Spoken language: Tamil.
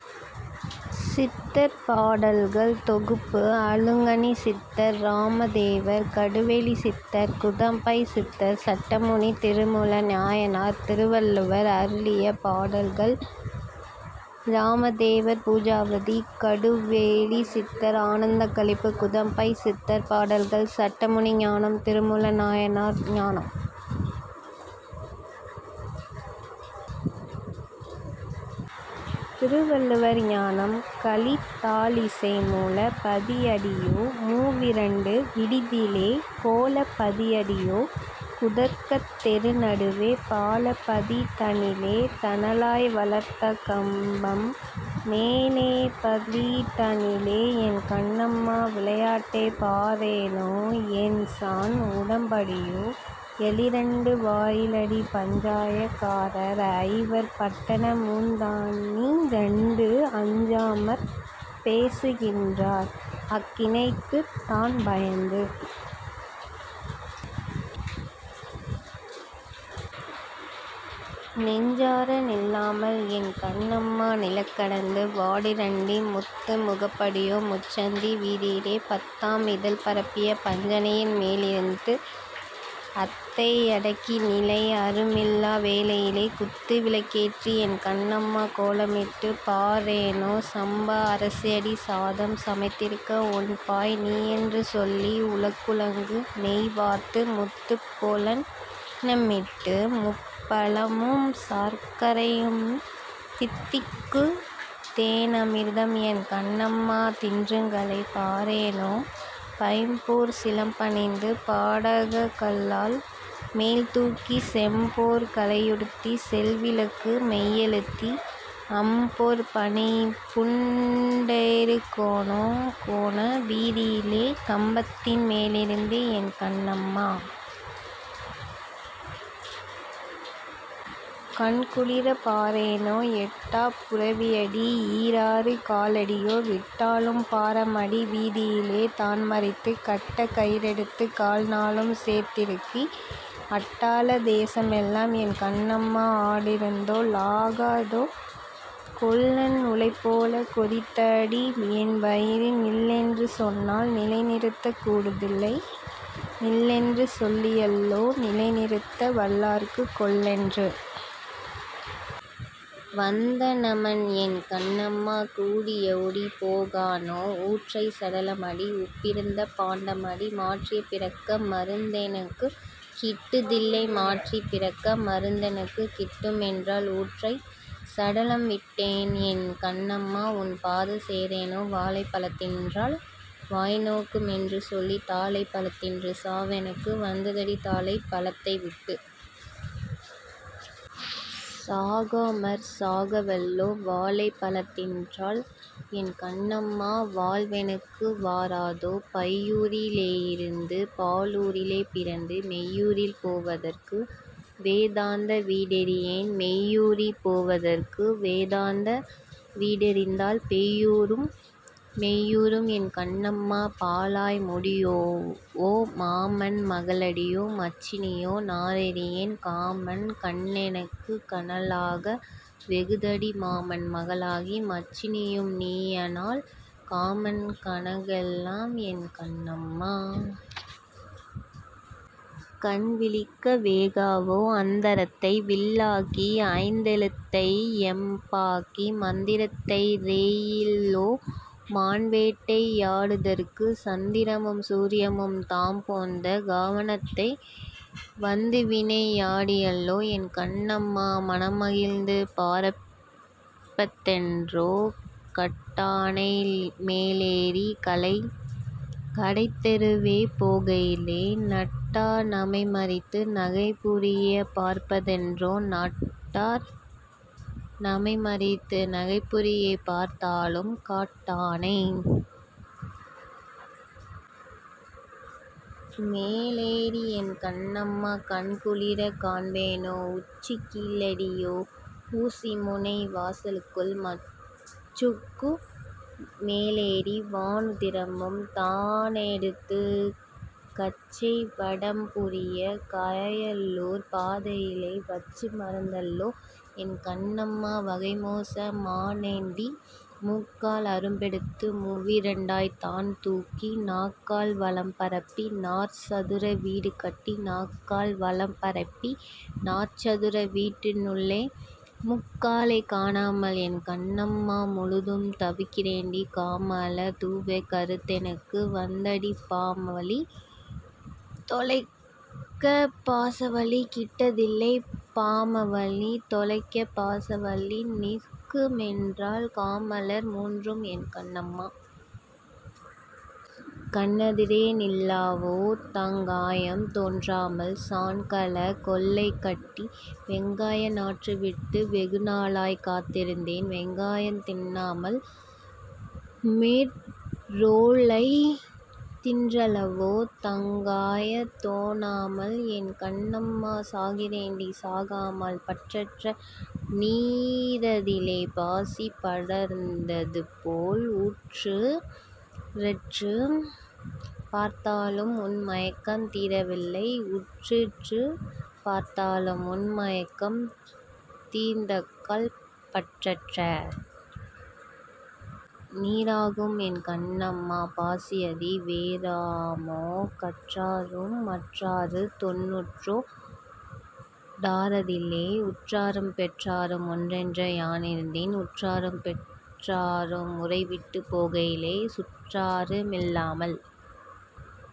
சித்தர் பாடல்கள் தொகுப்பு அழுகணிச் சித்தர் இராமதேவர் கடுவெளிச் சித்தர் குதம்பைச் சித்தர் சட்டைமுனி திருமூல நாயனார் திருவள்ளுவர் அருளிய பாடல்கள் அழுகணிச் சித்தர் பாடல்கள் இராமதேவர் பூஜாவிதி கடுவெளிச் சித்தர் ஆனந்தக் களிப்பு குதம்பைச் சித்தர் பாடல்கள் சட்டைமுனி ஞானம் திருமூல நாயனார் ஞானம் திருவள்ளுவர் ஞானம் கலித்தாழிசை மூலப் பதியடியோ மூவிரண்டு வீடதிலே கோலப் பதியடியோ குதர்க்கத் தெருநடுவே பாலப் பதிதனிலே தணலாய் வளர்த்தகம்பம் மேலப் பதிதனிலே என் கண்ணம்மா விளையாட்டைப் பாரேனோ எண்சாண் உடம்படியோ ஏழிரண்டு வாயிலடி பஞ்சாயக் காரர்ஐவர் பட்டணமுந் தானிரண்டு அஞ்சாமற் பேசுகின்றாய் ஆக்கினைக்குத் தான்பயந்து நெஞ்சார நில்லாமல் என் கண்ணம்மா நிலைகடந்து வாடுறண்டி முத்து முகப்படியோ முச்சந்தி வீதியிலே பத்தாம் இதழ்பரப்பிப் பஞ்சணையின் மேலிருத்தி அத்தை யடக்கிநிலை ஆருமில்லா வேளையிலே குத்து விளக்கேற்றி என் கண்ணம்மா கோலமிட்டுப் பாரேனோ சம்பா அரிசியடி சாதம் சமைத்திருக்க உண்பாய் நீயென்று சொல்லி உழக்குழக்கு நெய்வார்த்து முத்துப் போலன்னமிட்டு முப்பழமும் சர்க்கரையும் தித்திக்குந் தேனாமிர்தம் என் கண்ணம்மா தின்றுகளைப் பாரேனோ பைம்பொற் சிலம்பணிந்து பாடகக்கால் மேல்தூக்கிச் செம்பொற் கலையுடுத்திச் சேல்விழிக்கு மையெழுதி அம்பொற் பணிபூண் டறுகோண வீதியிலே கம்பத்தின் மேலிருந்தே என் கண்ணம்மா! கண்குளிரப் பாரேனோ! எட்டாப் புரவியடி யீராறு காலடியோ விட்டாலும் பாரமடி வீதியிலே தான்மறித்துக் கட்டக் கயிறெடுத்துக் கால்நாலும் சேர்த்திறுக்கி அட்டாள தேசமெல்லாம் என் கண்ணம்மா ஆண்டிருந்தா லாகாதோ கொல்லன் உலைபோலக் கொதிக்குதடி யென்வயிறு நில்லென்று சொன்னால் நிலைநிறுத்தக் கூடுதில்லை நில்லென்று சொல்லியல்லோ நிலைநிறுத்த வல்லார்க்குக் கொல்லென்று வந்தநமன் என் கண்ணம்மா குடியோடிப் போகானோ ஊற்றைச் சடலமடி உப்பிருந்த பாண்டமடி மாற்றிப் பிறக்க மருந்தெனக்குக் கிட்டுதில்லை மாற்றிப் பிறக்க மருந்தெனக்கு கிட்டுமென்றால் ஊற்றைச் சடலம் விட்டேஎன் கண்ணம்மா உன்பாதஞ் சேரேனோ வாழைப் பழந்தின்றால் வாய்நோகு மென்றுசொல்லித் தாழைப் பழத்தின்று சாவெனக்கு வந்ததடி தாழைப் பழத்தைவிட்டுச் சாகாமற் சாகவல்லோ வாழைப் பழந்தின்றால் என் கண்ணம்மா வாழ்வெனக்கு வாராதோ பையூரி லேயிருந்து பாழூரிலே பிறந்து மெய்யூரில் போவதற்கு வேதாந்த வீடறியேன் மெய்யூரிற் போவதற்கு வேதாந்த வீடறிந்தால் பையூரும் மெய்யூரும் என் கண்ணம்மா பாழாய் முடியாவோ மாமன் மகளடியோ மச்சினியோ நானறியேன் காமன் கணையெனக்குக் கனலாக வேகுதடி மாமன் மகளாகி மச்சினியும் நீயானால் காமன் கணைகளெல்லாம் என் கண்ணம்மா! கண்விழிக்க வேகாவோ அந்தரத்தை வில்லாக்கி ஐந்தெழுத்தை யம்பாக்கி மந்திரத்தே ரேறியல்லோ மான்வேட்டை யாடுதற்குச் சந்திரரும் சூரியரும் தாம்போந்த காவனத்தே வந்துவிளை யாடியல்லோ என் கண்ணம்மா மனமகிழ்ந்து பார்ப்பதென்றோ! காட்டானை மேலேறிக் கடைத்தெருவே போகையிலே நாட்டார் நமைமறித்து நகைபுரியப் பார்ப்பதென்றோ நாட்டார் நமைமறித்து நகைபுரியப் பார்த்தாலும் காட்டானை மேலேறி என் கண்ணம்மா கண்குளிரக் காண்பேனோ உச்சிக்குக் கீழடியோ ஊசிமுனை வாசலுக்குள் மச்சுக்கு மேலேறி வானுதிரம் தானேடுத்துக் கச்சை வடம்புரியக் காயலூர்ப் பாதையிலே வச்சு மறந்தல்லோ என் கண்ணம்மா வகைமோச மானேண்டி மூக்கால் அரும்பெடுத்து மூவிரண்டாய்த் தான்தூக்கி நாக்கால் வளைபரப்பி நாற்சதுர வீடுகட்டி நாக்கால் வலைபரப்பி நாற்சதுர வீட்டினுள்ளே மூக்காலைக் காணாமல் என் கண்ணம்மா முழுதும் தவிக்கிறண்டி காமமலர் தூவக் கருத்தெனக்கு வந்ததடி பாமவலி தொலைக்கப் பாசவலி கிட்டுதில்லை பாமவலி தொலைக்கப் பாசவலி நிற்குமென்றால் காமமலர் மூன்றும் என் கண்ணம்மா! கண்ணெதிரே நில்லாவோ! தங்காயம் தோன்றாமல் சாண்கலக் கொல்லைகட்டி வெங்காய நாற்றுவிட்டு வெகுநாளாய்க் காத்திருந்தேன் வெங்காயந் தின்னாமல் மேற்றொல்லைத் தின்றலவோ தங்காயந் தோணாமல் என் கண்ணம்மா சாகிறண்டி சாகாமல் பற்றற்ற நீரதிலே பாசி படர்ந்ததுபோல் உற்றுற்றுப் பார்த்தாலும் உன்மயக்கம் தீரவில்லை உற்றுற்றுப் பார்த்தாலும் உன்மயக்கந் தீர்ந்தக்கால் பற்றற்ற நீராகும் என் கண்ணம்மா பாசியது வேறாமோ கற்றாரும் மற்றாருந் தொண்ணூற்றோ டாறதிலே உற்றாரும் பெற்றாரும் ஒன்றென்றே யானிருந்தேன் உற்றாரும் பெற்றாரும் ஊரைவிட்டுப் போகையிலே சுற்றாரு மில்லாமல்